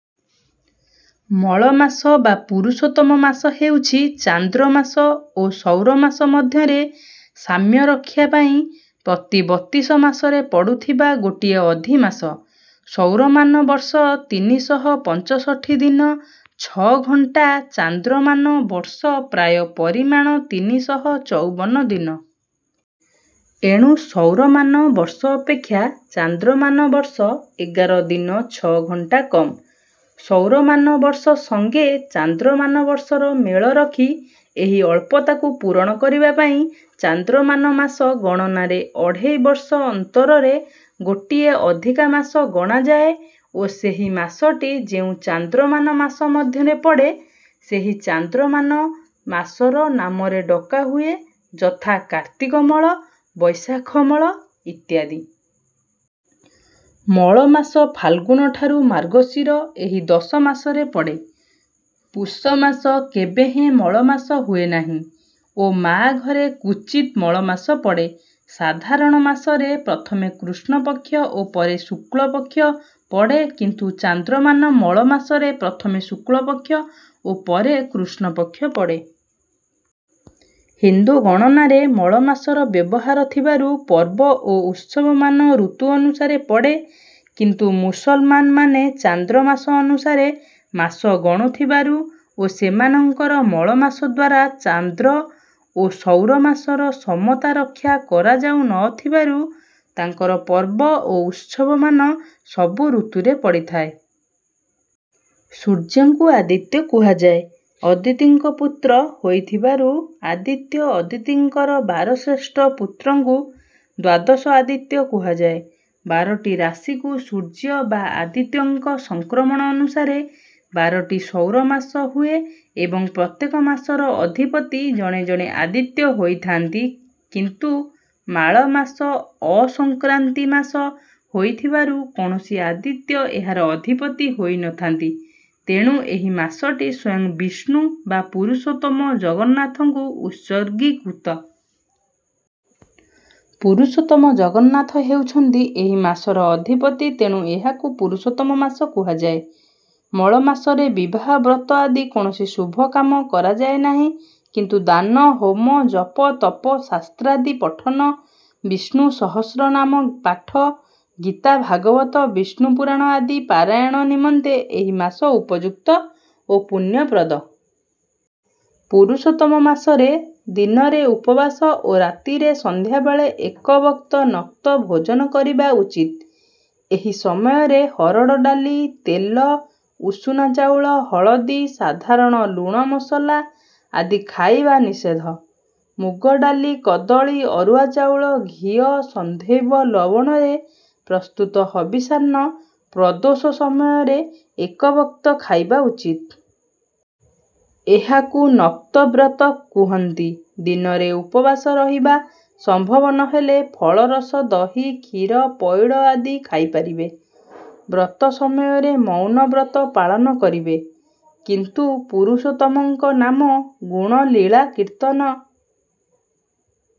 ମଳ ମାସ ବା ପୁରୁଷୋତ୍ତମ ମାସ ହେଉଛି ଚାନ୍ଦ୍ରମାସ ଓ ସୌରମାସ ମଧ୍ୟରେ ସାମ୍ୟ ରକ୍ଷା ପାଇଁ ପ୍ରତି ବତିଶ ମାସରେ ପଡୁଥିବା ଗୋଟିଏ ଅଧିମାସ। ସୌରମାନ ବର୍ଷ ତିନି ଶହ ପଞ୍ଚଷଠି ଦିନ ଛଅ ଘଣ୍ଟା ଚାନ୍ଦ୍ରମାନ ବର୍ଷ ପ୍ରାୟ ପରିମାଣ ତିନି ଶହ ଚଉବନ ଦିନ। ଏଣୁ ସୌରମାନ ବର୍ଷ ଅପେକ୍ଷା ଚାନ୍ଦ୍ରମାନ ବର୍ଷ ଏଗାର ଦିନ ଛଅ ଘଣ୍ଟା କମ। ସୌରମାନ ବର୍ଷ ସଙ୍ଗେ ଚାନ୍ଦ୍ରମାନ ବର୍ଷର ମେଳ ରଖି ଏହି ଅଳ୍ପତାକୁ ପୂରଣ କରିବାପାଇଁ ଚାନ୍ଦ୍ରମାନ ମାସ ଗଣନାରେ ଅଢ଼େଇ ବର୍ଷ ଅନ୍ତରରେ ଗୋଟିଏ ଅଧିକା ମାସ ଗଣାଯାଏ ଓ ସେହି ମାସଟି ଯେଉଁ ଚାନ୍ଦ୍ରମାନ ମାସ ମଧ୍ୟରେ ପଡ଼େ ସେହି ଚାନ୍ଦ୍ରମାନ ମାସର ନାମରେ ଡକାହୁଏ ଯଥା କାର୍ତ୍ତିକମଳ ବୈଶାଖମଳ ଇତ୍ୟାଦି। ମଳମାସ ଫାଲଗୁନଠାରୁ ମାର୍ଗଶୀର ଏହି ଦଶ ମାସରେ ପଡ଼େ। ପୁଷମାସ କେବେହେଁ ମଳମାସ ହୁଏନାହିଁ ଓ ମାଘରେ କ୍ୱଚିତ ମଳମାସ ପଡ଼େ। ସାଧାରଣ ମାସରେ ପ୍ରଥମେ କୃଷ୍ଣପକ୍ଷ ଓ ପରେ ଶୁକ୍ଳପକ୍ଷ ପଡ଼େ କିନ୍ତୁ ଚାନ୍ଦ୍ରମାନ ମଳ ମାସରେ ପ୍ରଥମେ ଶୁକ୍ଳପକ୍ଷ ଓ ପରେ କୃଷ୍ଣପକ୍ଷ ପଡ଼େ। ହିନ୍ଦୁ ଗଣନାରେ ମଳମାସର ବ୍ୟବହାର ଥିବାରୁ ପର୍ବ ଓ ଉତ୍ସବମାନ ଋତୁ ଅନୁସାରେ ପଡ଼େ କିନ୍ତୁ ମୁସଲମାନମାନେ ଚାନ୍ଦ୍ରମାସ ଅନୁସାରେ ମାସ ଗଣୁଥିବାରୁ ଓ ସେମାନଙ୍କର ମଳମାସଦ୍ୱାରା ଚାନ୍ଦ୍ର ଓ ସୌର ମାସର ସମତା ରକ୍ଷା କରାଯାଉ ନ ଥିବାରୁ ତାଙ୍କର ପର୍ବ ଓ ଉତ୍ସବମାନ ସବୁ ଋତୁରେ ପଡ଼ିଥାଏ। ସୂର୍ଯ୍ୟଙ୍କୁ ଆଦିତ୍ୟ କୁହାଯାଏ। ଅଦିତିଙ୍କ ପୂତ୍ର ହୋଇଥିବାରୁ ଆଦିତ୍ୟ ଅଦିତିଙ୍କର ବାର ଶ୍ରେଷ୍ଠ ପୂତ୍ରଙ୍କୁ ଦ୍ୱାଦଶ ଆଦିତ୍ୟ କୁହାଯାଏ। ବାରଟି ରାଶିକୁ ସୂର୍ଯ୍ୟ ବା ଆଦିତ୍ୟଙ୍କ ସଂକ୍ରମଣ ଅନୁସାରେ ବାରଟି ସୌର ମାସ ହୁଏ ଏବଂ ପ୍ରତ୍ୟେକ ମାସର ଅଧିପତି ଜଣେ ଜଣେ ଆଦିତ୍ୟ ହୋଇଥାନ୍ତି କିନ୍ତୁ ମାଳ ମାସ ଅସଂକ୍ରାନ୍ତି ମାସ ହୋଇଥିବାରୁ କୌଣସି ଆଦିତ୍ୟ ଏହାର ଅଧିପତି ହୋଇ ନଥାନ୍ତି ତେଣୁ ଏହି ମାସଟି ସ୍ୱୟଂ ବିଷ୍ଣୁ ବା ପୁରୁଷୋତ୍ତମ ଜଗନ୍ନାଥଙ୍କୁ ଉତ୍ସର୍ଗୀକୃତ। ପୁରୁଷୋତ୍ତମ ଜଗନ୍ନାଥ ହେଉଛନ୍ତି ଏହି ମାସର ଅଧିପତି ତେଣୁ ଏହାକୁ ପୁରୁଷୋତ୍ତମ ମାସ କୁହାଯାଏ। ମଳ ମାସରେ ବିବାହ ବ୍ରତ ଆଦି କୌଣସି ଶୁଭକାମ କରାଯାଏ ନାହିଁ କିନ୍ତୁ ଦାନ ହୋମ ଜପତପ ଶାସ୍ତ୍ରାଦି ପଠନ ବିଷ୍ଣୁ ସହସ୍ରନାମ ପାଠ ଗୀତା ଭାଗବତ ବିଷ୍ଣୁ ପୁରାଣ ଆଦି ପାରାୟଣ ନିମନ୍ତେ ଏହି ମାସ ଉପଯୁକ୍ତ ଓ ପୂଣ୍ୟପ୍ରଦ। ପୁରୁଷୋତ୍ତମ ମାସରେ ଦିନରେ ଉପବାସ ଓ ରାତିରେ ସନ୍ଧ୍ୟାବେଳେ ଏକ ବକ୍ତ ନକ୍ତ ଭୋଜନ କରିବା ଉଚିତ। ଏହି ସମୟରେ ହରଡ଼ ଡାଲି ତେଲ ଉଷୁନା ଚାଉଳ ହଳଦୀ ସାଧାରଣ ଲୁଣ ମସଲା ଆଦି ଖାଇବା ନିଷେଦ୍ଧ। ମୁଗ ଡାଲି କଦଳି ଅରୁଆ ଚାଉଳ ଘିଅ ସନ୍ଧୈବ ଲବଣରେ ପ୍ରସ୍ତୁତ ହବିଷାନ୍ନ ପ୍ରଦୋଷ ସମୟରେ ଏକ ବକ୍ତ ଖାଇବା ଉଚିତ। ଏହାକୁ ନକ୍ତବ୍ରତ କୁହନ୍ତି। ଦିନରେ ଉପବାସ ରହିବା ସମ୍ଭବ ନହେଲେ ଫଳରସ ଦହି କ୍ଷୀର ପଇଡ଼ ଆଦି ଖାଇ ପାରିବେ। ବ୍ରତ ସମୟରେ ମୌନ ବ୍ରତ ପାଳନ କରିବେ। କିନ୍ତୁ ପୁରୁଷୋତ୍ତମଙ୍କ ନାମ ଗୁଣ ଲୀଳା କୀର୍ତ୍ତନ